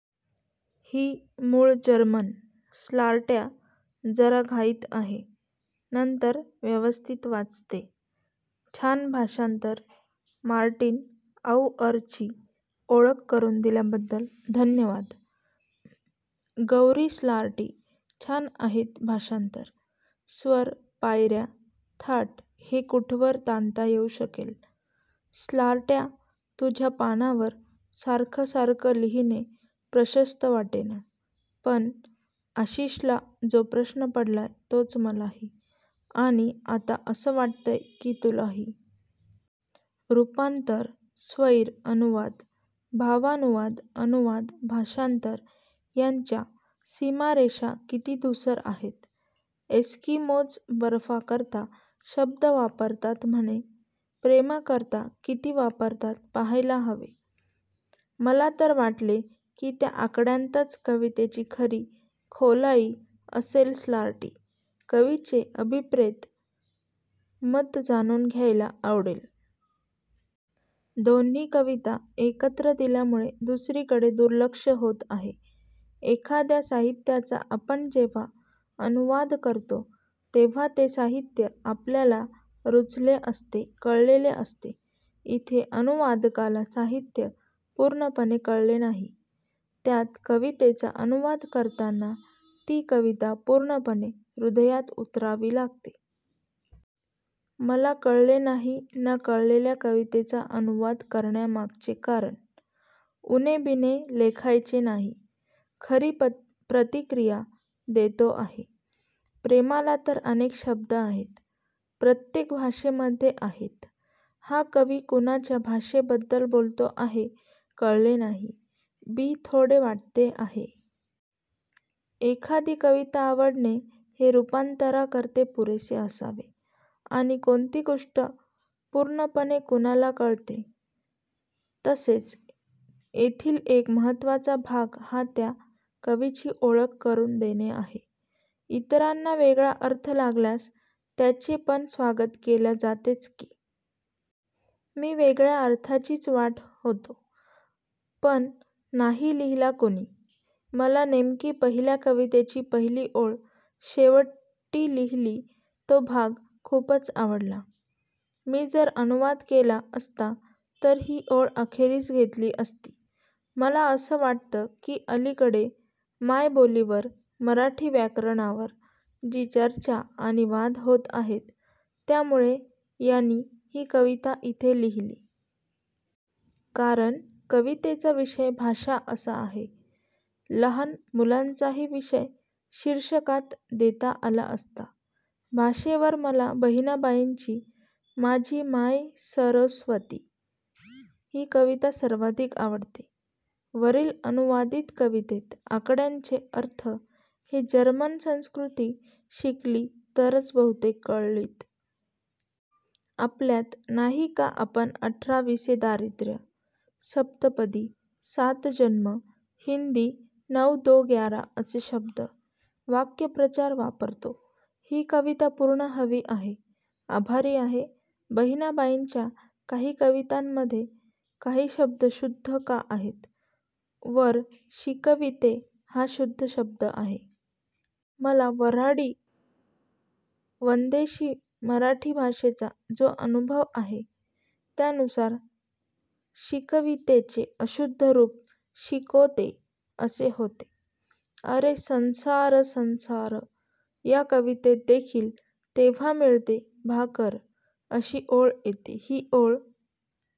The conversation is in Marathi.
ही मूळ जर्मन. स्लार्ट्या- जरा घाईत आहे. नंतर व्यवस्थित वाचते. छान भाषांतर. मार्टिन आउअरची ओळख करून दिल्याबद्दल धन्यवाद! गौरीस्लार्टि, छान आहेत भाषांतरं. स्वर, पायर्या, थाट हे कुठवर ताणता येऊ शकेल? स्लार्ट्या- तुझ्या पानावर सारखं सारखं लिहीणे प्रशस्त वाटेना- पण आशिषला जो प्रश्न पडलाय तोच मलाही, आणि आता असं वाटतय की तुलाही. रुपांतर, स्वैर अनुवाद, भावानुवाद, अनुवाद, भाषांतर यांच्या सीमारेषा किती धुसर आहेत? एस्कीमोज बर्फाकरता शब्द वापरतात म्हणे. प्रेमाकरता किती वापरतात पहायला हवे. मला तर वाटले कि त्या आकड्यांतच कवितेची खरी खोलाइ असेलस्लार्टी, कविचे अभिप्रेत मत जाणुन घ्यायला आवडेल. दोन्ही कविता एकत्र दिल्यामुळे दुसरीकडे दुर्लक्ष होत आहे. एखाद्या साहित्याचा आपण जेंव्हा अनुवाद करतो तेंव्हा ते साहित्य आपल्याला रुचले असते कळलेले असते. इथे अनुवादकाला साहित्य पुर्णपणे कळले नाही. त्यात कवितेचा अनुवाद करताना ती कविता पुर्णपणे हृदयात उतरावी लागते. मला कळले नाही न कळलेल्या कवितेचा अनुवाद करण्यामागचे कारण. उणेबिणे लेखायचे नाही.. खरी प्रतिक्रिया देतो आहे. प्रेमाला तर अनेक शब्द आहेत, प्रत्येक भाषेमधे आहेत. हा कवी कुणाच्या भाषेबद्दल बोलतो आहे कळले नाही. बी, थोडे वाटते हे. एखादी कविता आवडणे हे रुपांतरा करता पुरेसे असावे. आणि कोणती गोष्ट पुर्णपणे कुणाला कळते? तसेच येथील एक महत्वाचा भाग हा त्या कवीची ओळख करुन देणे आहे. ईतरांना वेगळा अर्थ लागल्यास त्याचे पण स्वागत केल्या जातेच की! मी वेगळ्या अर्थाचीच वाट होतो पण नाही लिहिला कुणी. मला नेमकी पहिल्या कवितेची पहिली ओळ शेवटी लिहिली तो भाग खूपच आवडला. मी जर अनुवाद केला असता तर ही ओळ अखेरीस घेतली असती. मला असं वाटतं की अलिकडे मायबोलिवर मराठी व्याकरणावर जी चर्चा आणि वाद होत आहेत त्यामुळे यानी ही कविता इथे लिहिली. कारण कवितेचा विषय भाषा असा आहे. लहान मुलांचाही विषय शीर्षकात देता आला असता. भाषेवर मला बहिणाबाईंची 'माझी माय सरोस्वती' ही कविता सर्वाधिक आवडते. वरील अनुवादीत कवितेत आकड्यांचे अर्थ हे जर्मन संस्कृती शिकली तरच बहुतेक कळलीत. आपल्यात नाही का आपण अठरा-वीसे दारिद्र्य, सप्तपदी, सात जन्म, हिन्दी नौ दो ग्यारा असे शब्द/वाक्प्रचार वापरतो. ही कविता पुर्ण हवी आहे. आभारी आहे.. बहिनाबाईंच्या काही कवितांमधे काही शब्द शुद्ध का आहेत? वर 'शिकविते 'हा शुद्ध शब्द आहे. मला वर्हाडी ांदेशी मराठी भाषेचा जो अनुभव आहे त्यानुसार शिकवितेचे अशुद्ध रुप शिकोते असे होते. अरे संसार संसार या कवितेत देखील 'तेंव्हा मिळते भाकर' अशी ओळ येते. ही ओळ